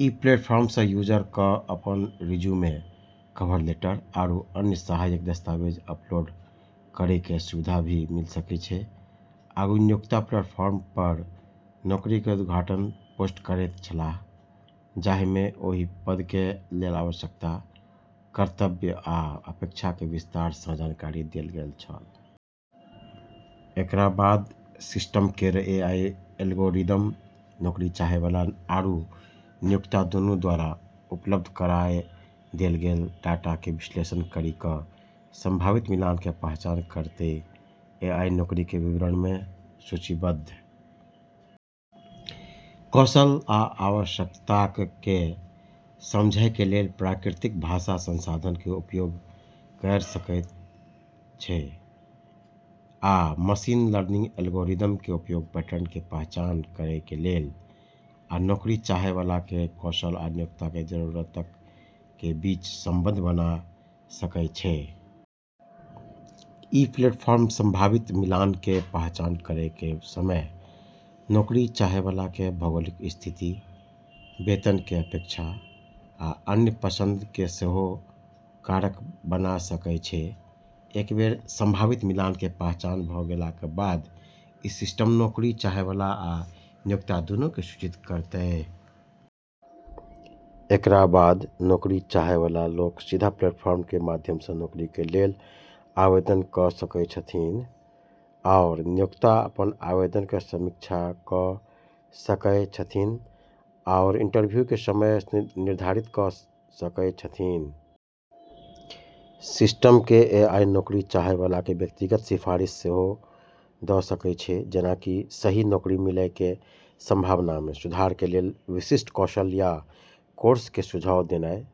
ई platform स user क अपन रिज्यूमे, कवर लेटर आरू अन्य सहायक दस्तावेज अपलोड करै के सुविधा भी मिल सकै छै। आगू नियोक्ता प्लेटफार्म पर नौकरी के उद्घाटन पोस्ट करैत छलाह, जाहि मे ओहि पद के लेल आवश्यकता, कर्तव्य, आ अपेक्षा के विस्तार सं जानकारी देल गेल छल। एकरा बाद सिस्टम केर एआई एल्गोरिदम नौकरी चाहै वाला आरू नियोक्ता दूनू द्वारा उपलब्ध कराय देल गेल डाटा के विश्लेषण करी क संभावित मिलान के पहचान करतै। एआई नौकरी के विवरण मे सूचीबद्ध कौशल आ आवश्यकताक के समझय के लेल प्राकृतिक भाषा संसाधन के उपयोग कयर सकय छै, आ मशीन लर्निंग एल्गोरिदम के उपयोग पैटर्न के पहचान करय के लेल आ नौकरी चाहय वाला के कौशल आ नियोक्ता के जरूरतक के बीच संबंध बना सकय छै। इ प्लेटफॉर्म संभावित मिलान के पहचान करय के समय नौकरी चाहय वाला के भौगोलिक स्थिति, वेतन के अपेक्षा, आ अन्य पसंद के सेहो कारक बना सकय छै। एक बेर संभावित मिलान के पहचान भ गेलाक के बाद इ सिस्टम नौकरी चाहय वाला आ नियोक्ता दूनू के सूचित करतय। एकरा बाद नौकरी चाहय वाला लोक सीधा प्लेटफॉर्म के माध्यम सं नौकरी के लेल आवेदन क सकय छथिन्ह, आओर नियोक्ता अपन आवेदन के समीक्षा क सकय छथिन्ह आओर इंटरव्यू के समय निर्धारित क सकय छथिन्ह। सिस्टम के एआई नौकरी चाहय वाला के व्यक्तिगत सिफारिश सेहो द सकय छै, जेना कि सही नौकरी मिलय के संभावना मे सुधार के लेल विशिष्ट कौशल या कोर्स के सुझाव देनाय।